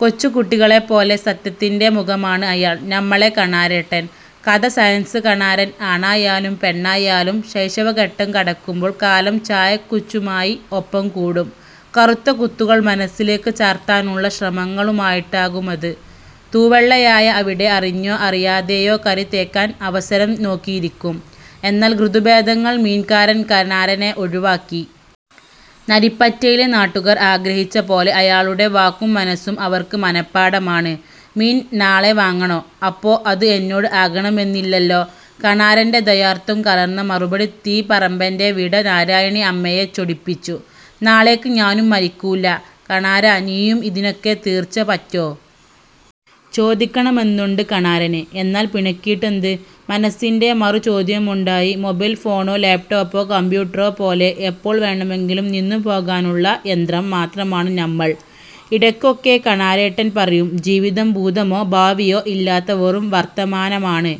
'കൊച്ചുകുട്ടികളെപ്പോലെ സത്യത്തിന്റെ മുഖമാണ് അയാൾ; നമ്മളെ കണാരേട്ടൻ... ' കഥ സയൻസ് കണാരൻ ആണായാലും പെണ്ണായാലും ശൈശവഘട്ടം കടക്കുമ്പോൾ കാലം ചായക്കുച്ചുമായി ഒപ്പം കൂടും. കറുത്ത കുത്തുകൾ മനസ്സിലേക്ക് ചാർത്താനുള്ള ശ്രമങ്ങളുമായിട്ടാകുമത്. തൂവെള്ളയായ അവിടെ അറിഞ്ഞോ അറിയാതെയോ കരിതേയ്ക്കാൻ അവസരം നോക്കിയിരിക്കും. എന്നാൽ ഋതുഭേദങ്ങൾ മീൻകാരൻ കണാരനെ ഒഴിവാക്കി. നരിപ്പറ്റയിലെ നാട്ടുകാർ ആഗ്രഹിച്ചപോലെ. അയാളുടെ വാക്കും മനസ്സും അവർക്ക് മനഃപാഠമാണ്. 'മീന് നാളെ വാങ്ങാന്നോ? അപ്പോ അത് എന്നോട് ആകണമെന്നില്ലല്ലോ. ' കണാരന്റെ ദ്വയാർത്ഥം കലർന്ന മറുപടി തീപറമ്പന്റവിട നാരായണി അമ്മയെ ചൊടിപ്പിച്ചു. 'നാളേക്ക് ഞാനും മരിക്കൂല്ല കണാരാ നീയും'. 'ഇതിനൊക്കെ തീർച്ച പറ്റ്വോ? '. ചോദിക്കണമെന്നുണ്ട് കണാരന്. 'എന്നാൽ പിണക്കിയിട്ടെന്ത്? '. മനസ്സിന്റെ മറുചോദ്യമുണ്ടായി. 'മൊബൈൽ ഫോണോ ലാപ്ടോപ്പോ കമ്പ്യൂട്ടറോ പോലെ എപ്പോൾ വേണമെങ്കിലും നിന്നുപോകാനുള്ള യന്ത്രം മാത്രമാണ് നമ്മൾ..... ' ഇടയ്ക്കൊക്കെ കണാരേട്ടൻ പറയും. ജീവിതം ഭൂതമോ ഭാവിയോ ഇല്ലാത്ത വെറും വർത്തമാനമാണ്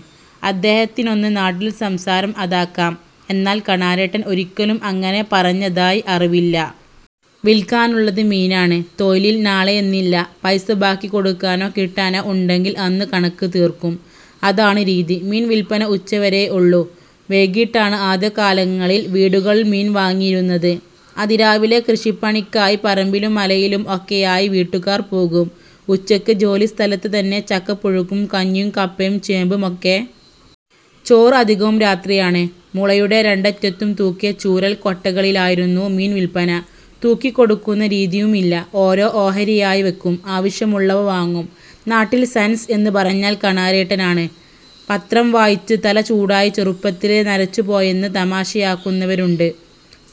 അദ്ദേഹത്തിനെന്ന് നാട്ടിൽ സംസാരം അതാകാം. എന്നാൽ കണാരേട്ടൻ ഒരിക്കലും അങ്ങനെ പറഞ്ഞതായി അറിവില്ല. 'വിൽക്കാനുള്ളത് മീനാണ്. തൊഴിലിൽ നാളെയെന്നില്ല'. പൈസ ബാക്കി കൊടുക്കാനോ കിട്ടാനോ ഉണ്ടെങ്കിൽ അന്ന് കണക്ക് തീർക്കും. അതാണ് രീതി. മീൻ വിൽപ്പന ഉച്ചവരെയേ ഉള്ളൂ. വൈകീട്ടാണ് ആദ്യകാലങ്ങളിൽ വീടുകളിൽ മീൻ വാങ്ങിയിരുന്നത്. അതിരാവിലെ കൃഷിപ്പണിക്കായി പറമ്പിലും മലയിലും ഒക്കെയായി വീട്ടുകാർ പോകും. ഉച്ചയ്ക്ക് ജോലി സ്ഥലത്ത് തന്നെ ചക്കപ്പുഴുക്കും കഞ്ഞിയും കപ്പയും ചേമ്പുമൊക്കെ. ചോറ് അധികവും രാത്രിയാണ്. മുളയുടെ രണ്ടറ്റത്തും തൂക്കിയ ചൂരൽ കൊട്ടകളിലായിരുന്നു മീൻ വിൽപ്പന. തൂക്കി കൊടുക്കുന്ന രീതിയുമില്ല. ഓരോ ഓഹരിയായി വയ്ക്കും. ആവശ്യമുള്ളവ വാങ്ങും. നാട്ടിൽ സയൻസ് എന്ന് പറഞ്ഞാൽ കണാരേട്ടനെന്നാണ്. പത്രം വായിച്ച് തല ചൂടായി ചെറുപ്പത്തിലേ നരച്ചുപോയെന്ന് തമാശയാക്കുന്നവരുണ്ട്.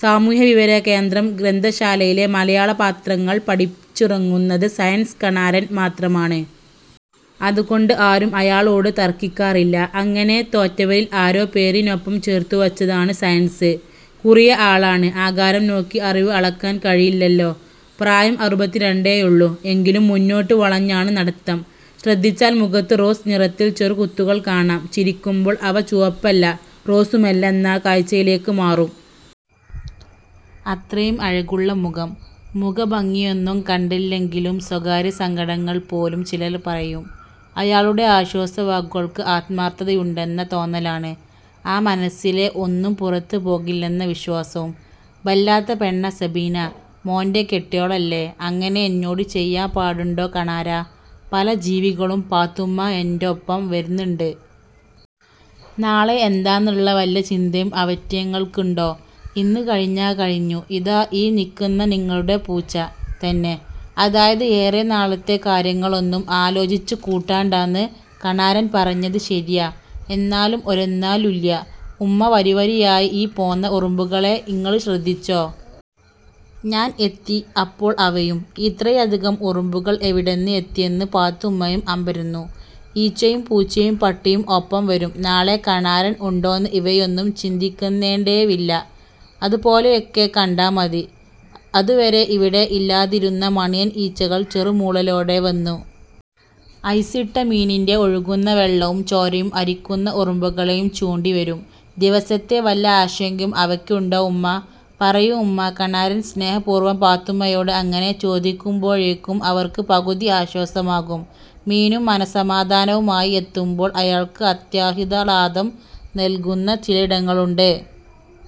സാമൂഹ്യവിഹാരകേന്ദ്രം ഗ്രന്ഥശാലയിലെ മലയാള പത്രങ്ങൾ പഠിച്ചിറങ്ങുന്നത് 'സയൻസ്' കണാരൻ മാത്രമാണ്. അതുകൊണ്ട് ആരും അയാളോട് തർക്കിക്കാറില്ല. അങ്ങനെ തോറ്റവരിൽ ആരോ പേരിനൊപ്പം ചേർത്തുവച്ചതാണ് സയൻസ്. കുറിയ ആളാണ്. ആകാരം നോക്കി അറിവ് അളക്കാൻ കഴിയില്ലല്ലോ!. പ്രായം അറുപത്തിരണ്ടേയുള്ളൂ. എങ്കിലും മുന്നോട്ട് വളഞ്ഞാണ് നടത്തം. ശ്രദ്ധിച്ചാൽ മുഖത്ത് റോസ് നിറത്തിൽ ചെറുകുത്തുകൾ കാണാം. ചിരിക്കുമ്പോൾ അവ ചുവപ്പല്ല റോസുമല്ലെന്ന കാഴ്ചയിലേക്ക് മാറും. അത്രയും അഴകുള്ള മുഖം. മുഖഭംഗിയൊന്നും കണ്ടല്ലെങ്കിലും സ്വകാര്യസങ്കടങ്ങൾ പോലും ചിലർ പറയും. അയാളുടെ ആശ്വാസവാക്കുകൾക്ക് ആത്മാർത്ഥതയുണ്ടെന്ന തോന്നലാണ്. ആ മനസ്സിലെ ഒന്നും പുറത്ത് പോകില്ലെന്ന വിശ്വാസവും. 'ബല്ലാത്ത പെണ്ണാ സബീന. മോന്റെ കെട്ട്വോളല്ലേ? ്അങ്ങനെ എന്നോട് ചെയ്യാ പാടുണ്ടോ കണാരാ? '. 'പല ജീവികളും പാത്തുമ്മാ എന്റൊപ്പം വര്ന്ന്ണ്ട്. നാളെ എന്താന്ന്ള്ള വല്ല ചിന്തയും അവറ്റേങ്ങൾക്ക്ണ്ടോ?. ഇന്ന് കഴിഞ്ഞാ കഴിഞ്ഞു. ഇതാ ഈ നിൽക്ക്ന്ന നിങ്ങള്ടെ പൂച്ച തന്നെ. അതായത് ഏറെ നാളത്തെ കാര്യങ്ങളൊന്നും ആലോചിച്ച് കൂട്ടണ്ടാന്ന്'. 'കണാരൻ പറഞ്ഞത് ശര്യാ..... എന്നാലും.... ' 'ഒരെന്നാലുല്ല്യ.... ഉമ്മാ, വരിവരിയായി ഈ പോന്ന ഉറുമ്പുകളെ ഇങ്ങള് ശ്രദ്ധിച്ചോ?. ഞാൻ എത്തി അപ്പോൾ അവയും..... ' ഇത്രയധികം ഉറുമ്പുകൾ എവിടുന്ന് എത്തിയെന്ന് പാത്തുമ്മയും അമ്പരന്നു!. '... ഈച്ചയും പൂച്ചയും പട്ടിയും ഒപ്പം വരും. നാളെ കണാരൻ ഉണ്ടോന്ന് ഇവയൊന്നും ചിന്തിക്ക്ന്നേണ്ടാവില്ല്യ. ്അത് പോലെയൊക്കെ കണ്ടാ മതി.... ' അതുവരെ അവിടെ ഇല്ലാതിരുന്ന മണിയൻ ഈച്ചകൾ ചെറുമൂളലോടെ വന്നു. ഐസിട്ട മീനിന്റെ ഒഴുകുന്ന വെള്ളവും ചോരയും അരിക്കുന്ന ഉറുമ്പുകളെയും ചൂണ്ടി: 'വരും ദിവസത്തെ വല്ല ആശങ്കയും അവയ്ക്കുണ്ടോ ഉമ്മാ.... പറയൂ ഉമ്മാ'. കണാരൻ സ്നേഹപൂർവ്വം പാത്തുമ്മയോട് അങ്ങനെ ചോദിക്കുമ്പോഴെയ്ക്കും അവർക്ക് പകുതി ആശ്വാസമാകും. മീനും മനസമാധാനവുമായി എത്തുമ്പോൾ അയാൾക്ക് അത്യാഹ്ളാദം നൽകുന്ന ചിലയിടങ്ങളുണ്ട്.